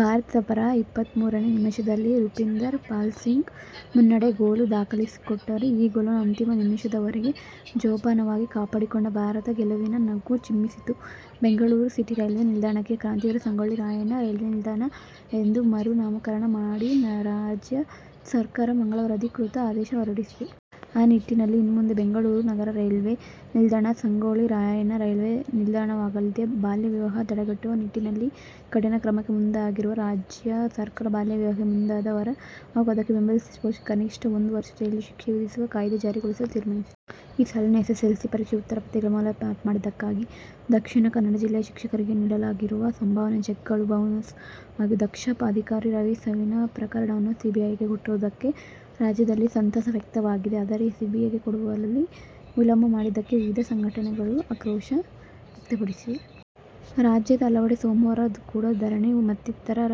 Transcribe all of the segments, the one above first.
ಭಾರತದ ಪರ ಇಪ್ಪತ್ತಮೂರನೇ ನಿಮಿಷದಲ್ಲಿ ರೂಪಿಂದರ್ ಪಾಲ್ ಸಿಂಗ್ ಮುನ್ನಡೆ ಗೋಲು ದಾಖಲಿಸಿಕೊಟ್ಟರು. ಈ ಗೋಲನ್ನು ಅಂತಿಮ ನಿಮಿಷದವರೆಗೆ ಜೋಪಾನವಾಗಿ ಕಾಪಾಡಿಕೊಂಡ ಭಾರತ ಗೆಲುವಿನ ನಗು ಚಿಮ್ಮಿಸಿತು. ಬೆಂಗಳೂರು ಸಿಟಿ ರೈಲ್ವೆ ನಿಲ್ದಾಣಕ್ಕೆ ಕ್ರಾಂತಿವೀರ ಸಂಗೊಳ್ಳಿ ರಾಯಣ್ಣ ರೈಲ್ವೆ ನಿಲ್ದಾಣ ಎಂದು ಮರುನಾಮಕರಣ ಮಾಡಿ ರಾಜ್ಯ ಸರ್ಕಾರ ಮಂಗಳವಾರ ಅಧಿಕೃತ ಆದೇಶ ಹೊರಡಿಸಿದೆ. ಆ ನಿಟ್ಟಿನಲ್ಲಿ ಇನ್ಮುಂದೆ ಬೆಂಗಳೂರು ನಗರ ರೈಲ್ವೆ ನಿಲ್ದಾಣ ಸಂಗೊಳ್ಳಿ ರಾಯಣ್ಣ ರೈಲ್ವೆ ನಿಲ್ದಾಣವಾಗಲಿದೆ. ಬಾಲ್ಯ ವಿವಾಹ ತಡೆಗಟ್ಟುವ ನಿಟ್ಟಿನಲ್ಲಿ ಕಠಿಣ ಕ್ರಮಕ್ಕೆ ಮುಂದಾಗಿರುವ ರಾಜ್ಯ ಸರ್ಕಾರ, ಬಾಲ್ಯವಿವಾಹಕ್ಕೆ ಮುಂದಾದ ವರ ಹಾಗೂ ಅದಕ್ಕೆ ಬೆಂಬಲಿಸಿದ ಪೋಷಕರಿಗೆ ಕನಿಷ್ಠ ಒಂದು ವರ್ಷ ಜೈಲು ಶಿಕ್ಷೆ ವಿಧಿಸುವ ಕಾಯ್ದೆ ಜಾರಿಗೊಳಿಸಲು ತೀರ್ಮಾನಿಸಿದೆ. ಈ ಸಾಲಿನ ಎಸ್ಎಸ್ಎಲ್ಸಿ ಪರೀಕ್ಷೆಯ ಉತ್ತರ ಪತ್ರಿಕೆಗಳ ಮೌಲ್ಯಮಾಪನ ಮಾಡಿದ್ದಕ್ಕಾಗಿ ದಕ್ಷಿಣ ಕನ್ನಡ ಜಿಲ್ಲೆಯ ಶಿಕ್ಷಕರಿಗೆ ನೀಡಲಾಗಿರುವ ಸಂಭಾವನೆಯ ಚೆಕ್ಗಳು ಬೌನ್ಸ್ ಆಗಿವೆ. ದಕ್ಷ ಅಧಿಕಾರಿ ರವಿ ಸಾವಿನ ಪ್ರಕರಣವನ್ನು ಸಿಬಿಐಗೆ ಕೊಟ್ಟಿರುವುದಕ್ಕೆ ರಾಜ್ಯದಲ್ಲಿ ಸಂತಸ ವ್ಯಕ್ತವಾಗಿದೆ. ಆದರೆ ಸಿಬಿಐಗೆ ಕೊಡುವಲ್ಲಿ ವಿಳಂಬ ಮಾಡಿದ್ದಕ್ಕೆ ವಿವಿಧ ಸಂಘಟನೆಗಳು ಆಕ್ರೋಶ ವ್ಯಕ್ತಪಡಿಸಿವೆ. ರಾಜ್ಯದ ಹಲವೆಡೆ ಸೋಮವಾರ ಕೂಡ ಧರಣಿ ಮತ್ತಿತರರ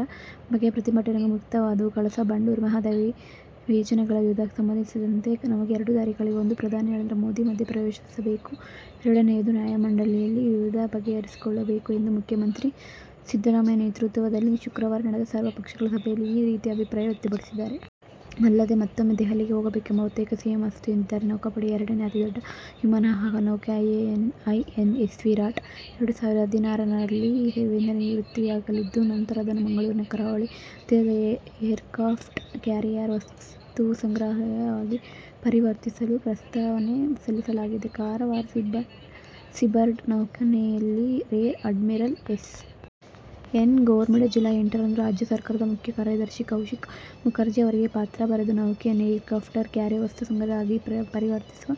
ಬಗೆಯ ಪ್ರತಿಭಟನೆಗಳು ವ್ಯಕ್ತವಾದವು. ಕಳಸಾ ಬಂಡೂರಿ ಮಹದಾಯಿ ಯೋಜನೆಗಳ ವಿವಾದಕ್ಕೆ ಸಂಬಂಧಿಸಿದಂತೆ ನಮಗೆ ಎರಡು ದಾರಿಗಳಿವೆ. ಒಂದು ಪ್ರಧಾನಿ ನರೇಂದ್ರ ಮೋದಿ ಮಧ್ಯಪ್ರವೇಶಿಸಬೇಕು, ಎರಡನೇಯದು ನ್ಯಾಯಮಂಡಳಿಯಲ್ಲಿ ವಿವಾದ ಬಗೆಹರಿಸಿಕೊಳ್ಳಬೇಕು ಎಂದು ಮುಖ್ಯಮಂತ್ರಿ ಸಿದ್ದರಾಮಯ್ಯ ನೇತೃತ್ವದಲ್ಲಿ ಶುಕ್ರವಾರ ನಡೆದ ಸರ್ವಪಕ್ಷಗಳ ಸಭೆಯಲ್ಲಿ ಈ ರೀತಿ ಅಭಿಪ್ರಾಯ ವ್ಯಕ್ತಪಡಿಸಿದ್ದಾರೆ. ಅಲ್ಲದೇ ಮತ್ತೊಮ್ಮೆ ದೆಹಲಿಗೆ ಹೋಗಬೇಕೆಂಬ ಒತ್ತಾಯಕ್ಕೆ ಸಿಎಂ ಅಸ್ತು ಎಂದಿದ್ದಾರೆ. ನೌಕಾಪಡೆಯ ಎರಡನೇ ಅತಿದೊಡ್ಡ ವಿಮಾನವಾಹಕ ನೌಕೆ "ಐಎನ್ಎಸ್ವಿರಾಟ್' ಎರಡು ಸಾವಿರದ ಹದಿನಾರರಲ್ಲಿ ಸೇವೆಯಿಂದ ನಿವೃತ್ತಿಯಾಗಲಿದ್ದು, ನಂತರ ಅದನ್ನು ಮಂಗಳೂರಿನ ಕರಾವಳಿ ತೀರದಲ್ಲಿ "ಏರ್ಕ್ರಾಪ್ಟ್ ಕ್ಯಾರಿಯರ್ ವಸ್ತು ಸಂಗ್ರಹಾಲಯ' ವಾಗಿ ಪರಿವರ್ತಿಸಲು ಪ್ರಸ್ತಾವನೆ ಸಲ್ಲಿಸಲಾಗಿದೆ. ಕಾರವಾರ ಸೀಬರ್ಡ್ ನೌಕಾನೆಲೆಯ rear admiral S. N. Ghormade July ಎಂಟರಂದು ರಾಜ್ಯ ಸರಕಾರದ ಮುಖ್ಯ ಕಾರ್ಯದರ್ಶಿ ಕೌಶಿಕ್ ಮುಖರ್ಜಿ ಅವರಿಗೆ ಪತ್ರ ಬರೆದು, ನೌಕೆಯನ್ನು "ಏರ್ಕ್ರಾಪ್ಟ್ ಕ್ಯಾರಿಯರ್ ವಸ್ತು ಸಂಗ್ರಹಾಲಯ' ಆಗಿ ಪರಿವರ್ತಿಸುವ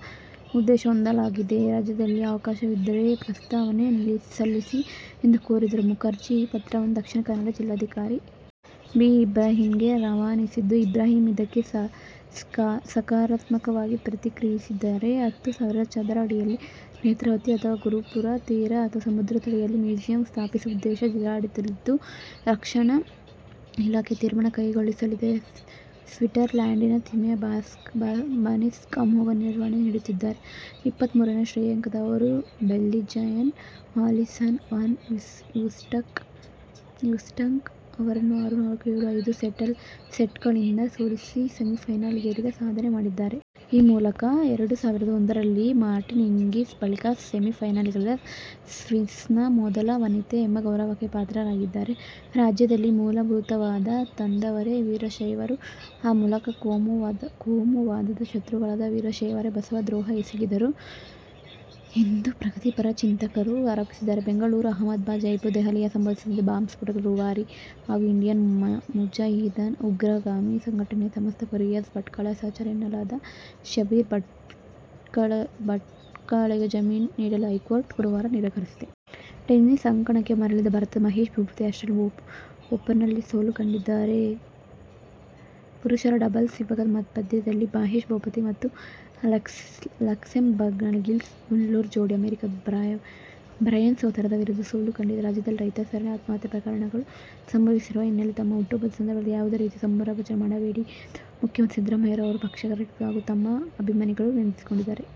ಉದ್ದೇಶ ಹೊಂದಲಾಗಿದೆ. ರಾಜ್ಯದಲ್ಲಿ ಅವಕಾಶವಿದ್ದರೆ ಪ್ರಸ್ತಾವನೆ ಸಲ್ಲಿಸಿ ಎಂದು ಕೋರಿದ್ದರು. ಮುಖರ್ಜಿ ಈ ಪತ್ರವನ್ನು ದಕ್ಷಿಣ ಕನ್ನಡ ಜಿಲ್ಲಾಧಿಕಾರಿ ಎ. ಬಿ. ಇಬ್ರಾಹಿಂಗೆ ರವಾನಿಸಿದ್ದು, ಇಬ್ರಾಹಿಂ ಇದಕ್ಕೆ ಸಕಾರಾತ್ಮಕವಾಗಿ ಪ್ರತಿಕ್ರಿಯಿಸಿದ್ದಾರೆ. ಹತ್ತು ಸಾವಿರ ಚದರಡಿಯಲ್ಲಿ ನೇತ್ರಾವತಿ ಅಥವಾ ಗುರುಪುರ ತೀರ ಅಥವಾ ಸಮುದ್ರ ತಡಿಯಲ್ಲಿ ಮ್ಯೂಸಿಯಂ ಸ್ಥಾಪಿಸುವ ಉದ್ದೇಶ ಜಿಲ್ಲಾಡಳಿತದ್ದು. ರಕ್ಷಣಾ ಇಲಾಖೆ ತೀರ್ಮಾನ ಕೈಗೊಳ್ಳಲಿದೆ. ಸ್ವಿಟ್ಸರ್ಲ್ಯಾಂಡಿನ ತಿಮಿಯಾ ಬಾಸಿನ್ಸ್ಕಿ ಅಮೋಘ ನಿರ್ವಹಣೆ ನೀಡುತ್ತಿದ್ದಾರೆ. ಇಪ್ಪತ್ತಮೂರನೇ ಶ್ರೇಯಾಂಕದ ಅವರು ಬೆಲ್ಜಿಯಂನ ಅಲಿಸನ್ ವಾನ್ ಯೂಸ್ಟಂಕ್ ಅವರನ್ನು ಆರು-ನಾಲ್ಕು, ಏಳು-ಐದು ಸೆಟ್ಗಳಿಂದ ಸೋಲಿಸಿ ಸೆಮಿಫೈನಲಿಗೇರಿದ ಸಾಧನೆ ಮಾಡಿದ್ದಾರೆ. ಈ ಮೂಲಕ ಎರಡು ಸಾವಿರದ ಒಂದರಲ್ಲಿ ಮಾರ್ಟಿನಾ ಹಿಂಗಿಸ್ ಬಳಿಕ ಸೆಮಿಫೈನಲಿಗೇರಿದ ಸ್ವಿಸ್ನ ಮೊದಲ ವನಿತೆ ಎಂಬ ಗೌರವಕ್ಕೆ ಪಾತ್ರರಾಗಿದ್ದಾರೆ. ರಾಜ್ಯದಲ್ಲಿ ಮೂಲಭೂತವಾದ ತಂದವರೇ ವೀರಶೈವರು. ಆ ಮೂಲಕ ಕೋಮುವಾದದ ಶತ್ರುಗಳಾದ ವೀರಶೈವರೇ ಬಸವ ದ್ರೋಹ ಎಸಗಿದರು ಎಂದು ಪ್ರಗತಿಪರ ಚಿಂತಕರು ಆರೋಪಿಸಿದ್ದಾರೆ. ಬೆಂಗಳೂರು, ಅಹಮದಾಬಾದ್, ಜೈಪುರ, ದೆಹಲಿಯಲ್ಲಿ ಸಂಭವಿಸಿದ್ದ ಬಾಂಬ್ ಸ್ಫೋಟಗಳ ರೂವಾರಿ ಹಾಗೂ ಇಂಡಿಯನ್ ಮುಜಾಹಿದೀನ್ ಉಗ್ರಗಾಮಿ ಸಂಘಟನೆಯ ಸಂಸ್ಥಾಪಕ ರಿಯಾಜ್ ಭಟ್ಕಳ್ ಸಹಚರ ಎನ್ನಲಾದ ಶಬ್ಬೀರ್ ಭಟ್ಕಳ್ಗೆಜಾಮೀನು ನೀಡಲು ಹೈಕೋರ್ಟ್ ಗುರುವಾರ ನಿರಾಕರಿಸಿದೆ. ಟೆನಿಸ್ ಅಂಕಣಕ್ಕೆ ಮರಳಿದ್ದ ಭಾರತದ ಮಹೇಶ್ ಭೂಪತಿ ಆಸ್ಟ್ರೇಲಿಯನ್ ಓಪನ್ನಲ್ಲಿ ಸೋಲು ಕಂಡಿದ್ದಾರೆ. ಪುರುಷರ ಡಬಲ್ಸ್ ವಿಭಾಗದ ಪಂದ್ಯದಲ್ಲಿ ಮಹೇಶ್ ಭೂಪತಿ ಮತ್ತು ಲಕ್ಸೆಂಬರ್ಗ್ನ ಗಿಲ್ಸ್ ಮುಲ್ಲರ್ ಜೋಡಿ ಅಮೆರಿಕದ ಬ್ರಯಾನ್ ಸೋದರರ ವಿರುದ್ಧ ಸೋಲು ಕಂಡಿದೆ. ರಾಜ್ಯದಲ್ಲಿ ರೈತರ ಸರಣಿ ಆತ್ಮಹತ್ಯೆ ಪ್ರಕರಣಗಳು ಸಂಭವಿಸಿರುವ ಹಿನ್ನೆಲೆಯಲ್ಲಿ ತಮ್ಮ ಹುಟ್ಟುಹಬ್ಬದ ಸಂದರ್ಭದಲ್ಲಿ ಯಾವುದೇ ರೀತಿಯ ಸಂಭ್ರಮಾಚರಣೆ ಮಾಡಬೇಡಿ ಎಂದು ಮುಖ್ಯಮಂತ್ರಿ ಸಿದ್ದರಾಮಯ್ಯ ಅವರು ಪಕ್ಷದ ಕಾರ್ಯಕರ್ತರು ಹಾಗೂ ತಮ್ಮ ಅಭಿಮಾನಿಗಳಲ್ಲಿ ವಿನಂತಿಸಿಕೊಂಡಿದ್ದಾರೆ.